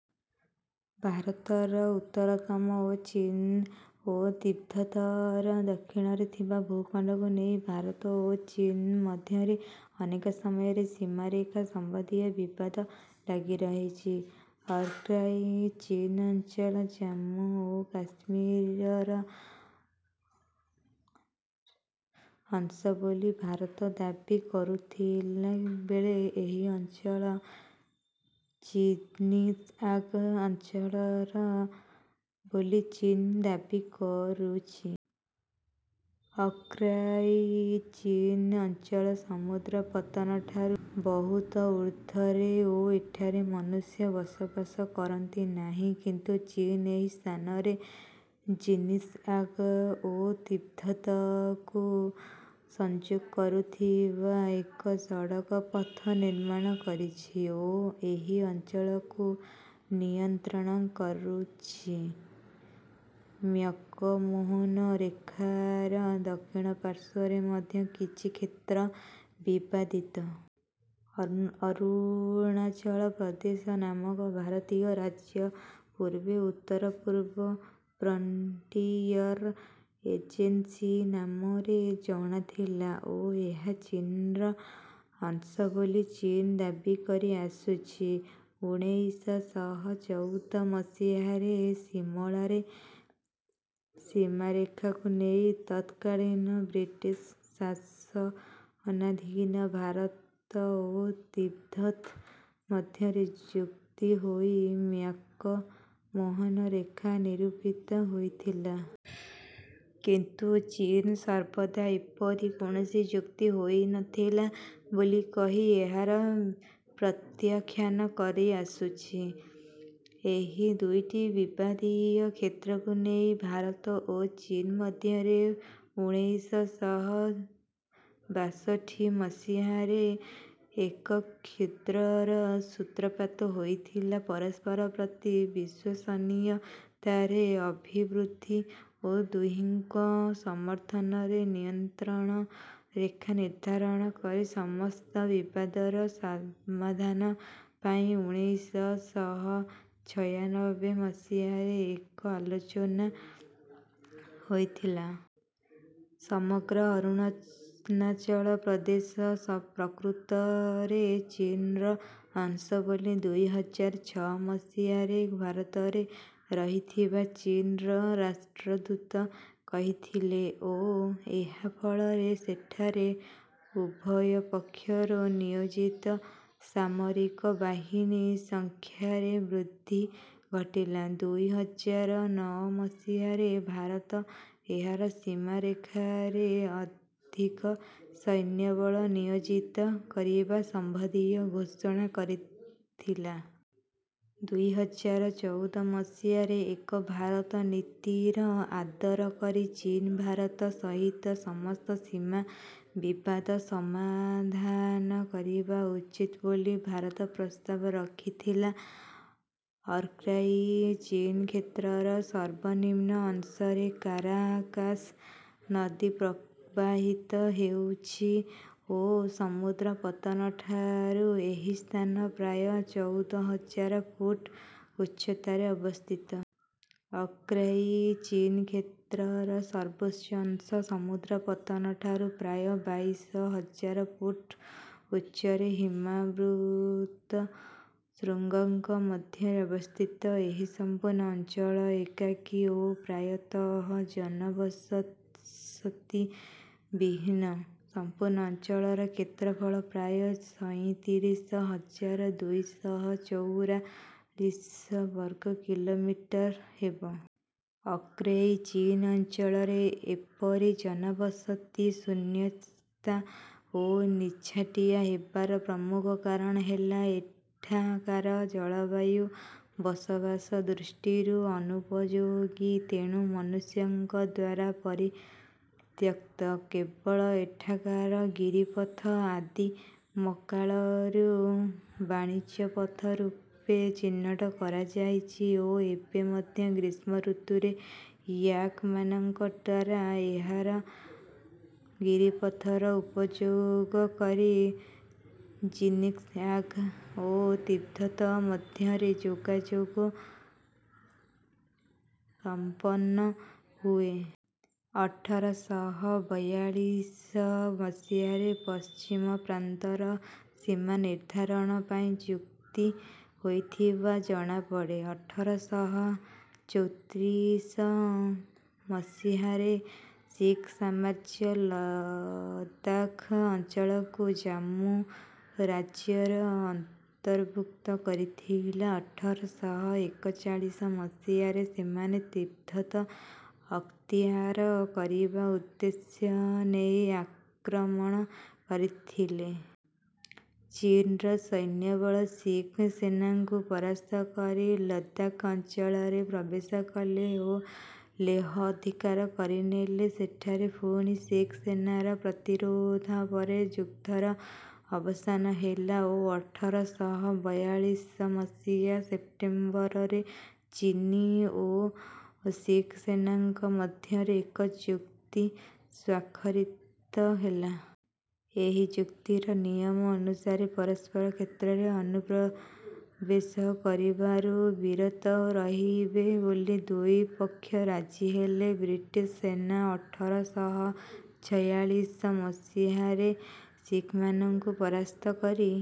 ଭାରତର ଉତ୍ତରତମ ଓ ଚୀନ ଓ ତିବ୍ୱତର ଦକ୍ଷିଣରେ ଥିବା ଭୂଖଣ୍ଡକୁ ନେଇ ଭାରତ ଓ ଚୀନ ମଧ୍ୟରେ ଅନେକ ସମୟରେ ସୀମାରେଖା ସମ୍ବନ୍ଧୀୟ ବିବାଦ ଲାଗି ରହିଛି। ଅକ୍ସାଇ ଚୀନ ଅଞ୍ଚଳ ଜାମ୍ମୁ ଓ କାଶ୍ମୀରର ଅଂଶ ବୋଲି ଭାରତ ଦାବୀ କରୁଥିଲା ବେଳେ ଏହି ଅଞ୍ଚଳ ଚିନିଆଂଗ୍ ଅଞ୍ଚଳର ବୋଲି ଚୀନ ଦାବୀ କରୁଛି। ଅକ୍ରାଇ ଚୀନ ଅଞ୍ଚଳ ସମୁଦ୍ର ପତନଠାରୁ ବହୁତ ଉର୍ଦ୍ଧ୍ୱରେ ଓ ଏଠାରେ ମନୁଷ୍ୟ ବସବାସ କରନ୍ତି ନାହିଁ। କିନ୍ତୁ ଚୀନ ଏହି ସ୍ଥାନରେ ଜିନିଶଆଂଗ୍ ଓ ତିବ୍ୱତକୁ ସଂଯୋଗ କରୁଥିବା ଏକ ସଡକପଥ ନିର୍ମାଣ କରିଛି ଓ ଏହି ଅଞ୍ଚଳକୁ ନିୟନ୍ତ୍ରଣ କରୁଛି। ମ୍ୟାକମୋହନ ରେଖାର ଦକ୍ଷିଣ ପାର୍ଶ୍ୱରେ ମଧ୍ୟ କିଛି କ୍ଷେତ୍ର ବିବାଦିତ। ଅରୁଣାଚଳ ପ୍ରଦେଶ ନାମକ ଭାରତୀୟ ରାଜ୍ୟ ପୂର୍ବେ ଉତ୍ତରପୂର୍ବ ପ୍ରଣ୍ଟିୟର୍ ଏଜେନ୍ସି ନାମରେ ଜଣା ଥିଲା ଓ ଏହା ଚୀନର ଅଂଶ ବୋଲି ଚୀନ ଦାବୀ କରି ଆସୁଛି। ଉଣେଇଶ ଶହ ଚଉଦ ମସିହାରେ ସିମଳାରେ ସୀମାରେଖାକୁ ନେଇ ତତ୍କାଳୀନ ବ୍ରିଟିଶ୍ ଶାସନାଧୀନ ଭାରତ ଓ ତିବ୍ୱତ୍ ମଧ୍ୟରେ ଚୁକ୍ତି ହୋଇ ମ୍ୟାକମୋହନ ରେଖା ନିରୂପିତ ହୋଇଥିଲା। କିନ୍ତୁ ଚୀନ ସର୍ବଦା ଏପରି କୌଣସି ଚୁକ୍ତି ହୋଇନଥିଲା ବୋଲି କହି ଏହାର ପ୍ରତ୍ୟାଖ୍ୟାନ କରିଆସୁଛି। ଏହି ଦୁଇଟି ବିବାଦୀୟ କ୍ଷେତ୍ରକୁ ନେଇ ଭାରତ ଓ ଚୀନ ମଧ୍ୟରେ ଉଣେଇଶ ଶହ ବାଷଠି ମସିହାରେ ଏକ କ୍ଷୁଦ୍ରର ସୂତ୍ରପାତ ହୋଇଥିଲା। ପରସ୍ପର ପ୍ରତି ବିଶ୍ୱସନୀୟତାରେ ଅଭିବୃଦ୍ଧି ଓ ଦୁହିଁଙ୍କ ସମର୍ଥନରେ ନିୟନ୍ତ୍ରଣରେଖା ନିର୍ଦ୍ଧାରଣ କରି ସମସ୍ତ ବିବାଦର ସମାଧାନ ପାଇଁ ଉଣେଇଶ ଶହ ଛୟାନବେ ମସିହାରେ ଏକ ଆଲୋଚନା ହୋଇଥିଲା। ସମଗ୍ର ଅରୁଣାଚଳ ପ୍ରଦେଶ ପ୍ରକୃତରେ ଚୀନର ଅଂଶ ବୋଲି ଦୁଇ ହଜାର ଛଅ ମସିହାରେ ଭାରତରେ ରହିଥିବା ଚୀନର ରାଷ୍ଟ୍ରଦୂତ କହିଥିଲେ ଓ ଏହା ଫଳରେ ସେଠାରେ ଉଭୟ ପକ୍ଷରୁ ନିୟୋଜିତ ସାମରିକ ବାହିନୀ ସଂଖ୍ୟାରେ ବୃଦ୍ଧି ଘଟିଲା। ଦୁଇ ହଜାର ନଅ ମସିହାରେ ଭାରତ ଏହାର ସୀମାରେଖାରେ ଅଧିକ ସୈନ୍ୟବଳ ନିୟୋଜିତ କରିବା ସମ୍ବନ୍ଧୀୟ ଘୋଷଣା କରିଥିଲା। ଦୁଇ ହଜାର ଚଉଦ ମସିହାରେ ଏକ ଭାରତ ନୀତିର ଆଦର କରି ଚୀନ ଭାରତ ସହିତ ସମସ୍ତ ସୀମା ବିବାଦ ସମାଧାନ କରିବା ଉଚିତ୍ ବୋଲି ଭାରତ ପ୍ରସ୍ତାବ ରଖିଥିଲା। ଅକ୍ରାଇ ଚୀନ କ୍ଷେତ୍ରର ସର୍ବନିମ୍ନ ଅଂଶରେ କାରାକାଶ୍ ନଦୀ ପ୍ରବାହିତ ହେଉଛି ଓ ସମୁଦ୍ରପତନଠାରୁ ଏହି ସ୍ଥାନ ପ୍ରାୟ ଚଉଦ ହଜାର ଫୁଟ୍ ଉଚ୍ଚତାରେ ଅବସ୍ଥିତ। ଅକ୍ରାଇ ଚୀନ କ୍ଷେତ୍ରର ସର୍ବୋଚ୍ଚ ଅଂଶ ସମୁଦ୍ରପତନଠାରୁ ପ୍ରାୟ ବାଇଶ ହଜାର ଫୁଟ୍ ଉଚ୍ଚରେ ହିମାବୃତ୍ତ ଶୃଙ୍ଗଙ୍କ ମଧ୍ୟରେ ଅବସ୍ଥିତ। ଏହି ସମ୍ପୂର୍ଣ୍ଣ ଅଞ୍ଚଳ ଏକାକୀ ଓ ପ୍ରାୟତଃ ଜନବସତି ବିହୀନ। ସମ୍ପୂର୍ଣ୍ଣ ଅଞ୍ଚଳର କ୍ଷେତ୍ରଫଳ ପ୍ରାୟ ସଇଁତିରିଶ ହଜାର ଦୁଇ ଶହ ଚଉରାଳିଶ ବର୍ଗ କିଲୋମିଟର୍ ହେବ। ଅକ୍ରେଇ ଚୀନ ଅଞ୍ଚଳରେ ଏପରି ଜନବସତି ଶୂନ୍ୟତା ଓ ନିଛାଟିଆ ହେବାର ପ୍ରମୁଖ କାରଣ ହେଲା ଏଠାକାର ଜଳବାୟୁ ବସବାସ ଦୃଷ୍ଟିରୁ ଅନୁପଯୋଗୀ ତେଣୁ ମନୁଷ୍ୟଙ୍କଦ୍ୱାରା ପରିତ୍ୟକ୍ତ। କେବଳ ଏଠାକାର ଗିରିପଥ ଆଦିମକାଳରୁ ବାଣିଜ୍ୟପଥ ରୂପେ ଚିହ୍ନଟ କରାଯାଇଛି ଓ ଏବେ ମଧ୍ୟ ଗ୍ରୀଷ୍ମଋତୁରେ ୟାକ୍ ମାନଙ୍କଦ୍ୱାରା ଏହାର ଗିରିପଥର ଉପଯୋଗ କରି ଜିନୀଆଂଗ୍ ଓ ତିବ୍ୱତ୍ ମଧ୍ୟରେ ଯୋଗାଯୋଗ ସମ୍ପନ୍ନ ହୁଏ। ଅଠର ଶହ ବୟାଳିଶ ମସିହାରେ ପଶ୍ଚିମ ପ୍ରାନ୍ତର ସୀମା ନିର୍ଦ୍ଧାରଣ ପାଇଁ ଚୁକ୍ତି ହୋଇଥିବା ଜଣାପଡେ। ଅଠର ଶହ ଚୌତ୍ରିଶ ମସିହାରେ ଶିଖ୍ ସାମ୍ରାଜ୍ୟ ଲଦାଖ୍ ଅଞ୍ଚଳକୁ ଜାମ୍ମୁ ରାଜ୍ୟର ଅନ୍ତର୍ଭୁକ୍ତ କରିଥିଲା। ଅଠର ଶହ ଏକଚାଳିଶ ମସିହାରେ ସେମାନେ ତିବ୍ୱତ ଅକ୍ତିଆର କରିବା ଉଦ୍ଦେଶ୍ୟ ନେଇ ଆକ୍ରମଣ କରିଥିଲେ। ଚୀନର ସୈନ୍ୟବଳ ଶିଖ୍ ସେନାକୁ ପରାସ୍ତ କରି ଲଦାଖ୍ ଅଞ୍ଚଳରେ ପ୍ରବେଶ କଲେ ଓ ଲେହ ଅଧିକାର କରିନେଲେ। ସେଠାରେ ପୁଣି ଶିଖ୍ ସେନାର ପ୍ରତିରୋଧ ପରେ ଯୁଦ୍ଧର ଅବସାନ ହେଲା ଓ ଅଠର ଶହ ବୟାଳିଶ ମସିହା ସେପ୍ଟେମ୍ବରରେ ଚୀନୀ ଓ ଶିଖ୍ ସେନାଙ୍କ ମଧ୍ୟରେ ଏକ ଚୁକ୍ତି ସ୍ୱାକ୍ଷରିତ ହେଲା। ଏହି ଚୁକ୍ତିର ନିୟମ ଅନୁସାରେ ପରସ୍ପର କ୍ଷେତ୍ରରେ ଅନୁପ୍ରବେଶ କରିବାରୁ ବିରତ ରହିବେ ବୋଲି ଦୁଇ ପକ୍ଷ ରାଜି ହେଲେ। ବ୍ରିଟିଶ୍ ସେନା ଅଠର ଶହ ଛୟାଳିଶ ମସିହାରେ ଶିଖମାନଙ୍କୁ ପରାସ୍ତ କରି